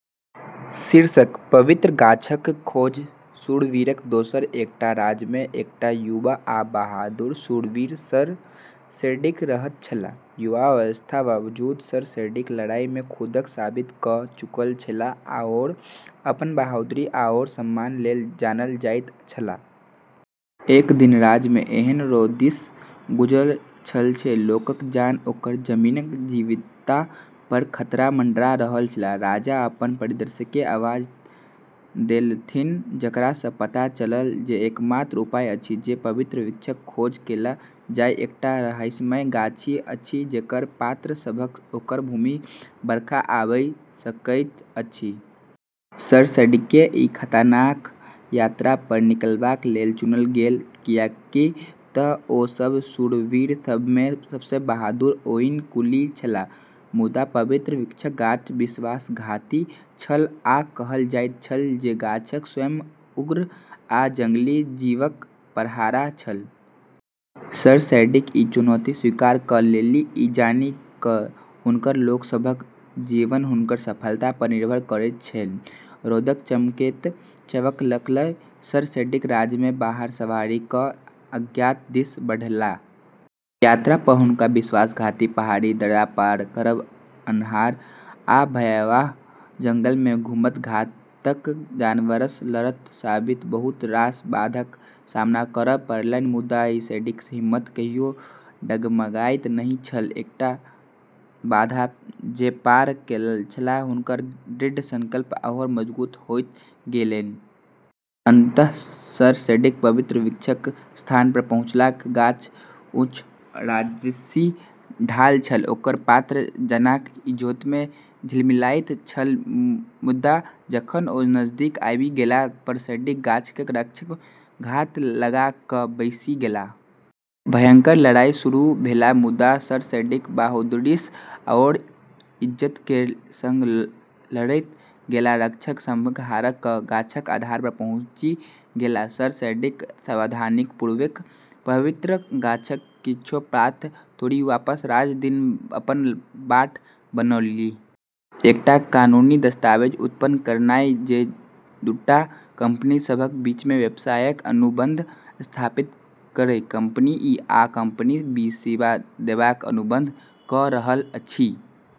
शीर्षक: पवित्र गाछक खोज शूरवीरक दूरक एकटा राज्यमे एकटा युवा आ बहादुर शूरवीर सर सेड्रिक रहैत छलाह। युवावस्थाक बावजूद सर सेड्रिक लड़ाईमे खुदकेँ साबित कऽ चुकल छलाह आओर अपन बहादुरी आओर सम्मान लेल जानल जाइत छलाह। एक दिन राज्य एहेन रौदीसँ गुजरैत छल जे लोकक जान आ ओकर जमीनक जीवंतता पर खतरा मंडरा रहल छल। राजा अपन परिषदकेँ आवाज देलथिन, जेकरासँ पता चललैन जे एकर एकमात्र उपाय अछि जे पवित्र वृक्षक खोज कएल जाय, जे एकटा रहस्यमय गाछ अछि, जेकर पात सभसँ ओकर भूमिमे बरखा आबि सकैत अछि। सर सेड्रिककेँ ई खतरनाक यात्रा पर निकलबा लेल चुनल गेलैन, कियाक तँ ओ सभ शूरवीर सभमे सबसँ बहादुर आओर कुलीन छलाह। मुदा पवित्र वृक्षक बाट विश्वासघाती छल, आ कहल जाइत छल जे गाछक स्वयं उग्र आ जंगली जीवक पहरा छल। सर सेड्रिक ई चुनौती स्वीकार कऽ लेलनि, ई जानि कऽ जे हुनकर लोक सभक जीवन हुनकर सफलता पर निर्भर करैत छैन। रौदमे चमकैत कवच लऽ कऽ सर सेड्रिक राज्यसँ बाहर सवारी कऽ अज्ञात दिस बढ़लाह। यात्रा पर हुनका विश्वासघाती पहाड़ी दर्रा पार करब, अन्हार आ भयावह जंगलमे घुमब, घातक जनावरसँ लड़ब सहित बहुत रास बाधाक सामना करब पड़लैन। मुदा सर सेड्रिकक हिम्मत कहियो डगमगाइत नहि छल। एक-एकटा बाधा जे पार करैत छलाह, हुनकर दृढ़ संकल्प आओर मजबूत होइत गेलैन। अंततः सर सेड्रिक पवित्र वृक्षक स्थान पर पहुँचलाह। गाछ ऊँच आ राजसी ठाढ़ छल, ओकर पात चानक इजोतमे झिलमिलाइत छल। मुदा जखन ओ नजदीक आबि गेलाह, सर सेड्रिक गाछक रक्षक सभ घात लगा कऽ बैसि गेलाह। भयंकर लड़ाई शुरू भेलै, मुदा सर सेड्रिक बहादुरीसँ आओर इज्जत केर संग लड़ैत गेलाह, रक्षक सभकेँ हरा कऽ गाछक आधार पर पहुँची गेलाह। सर सेड्रिक सावधानीपूर्वक पवित्र गाछक किछु पात तोड़ि वापस राज्य दिस अपन बाट बनौलनि। एकटा कानूनी दस्तावेज उत्पन्न करनाइ जे दूटा कंपनी सभक बीच व्यावसायिक अनुबंध स्थापित करय। कंपनी ए आ कंपनी बी सेवा देबाक अनुबंध कऽ रहल अछि।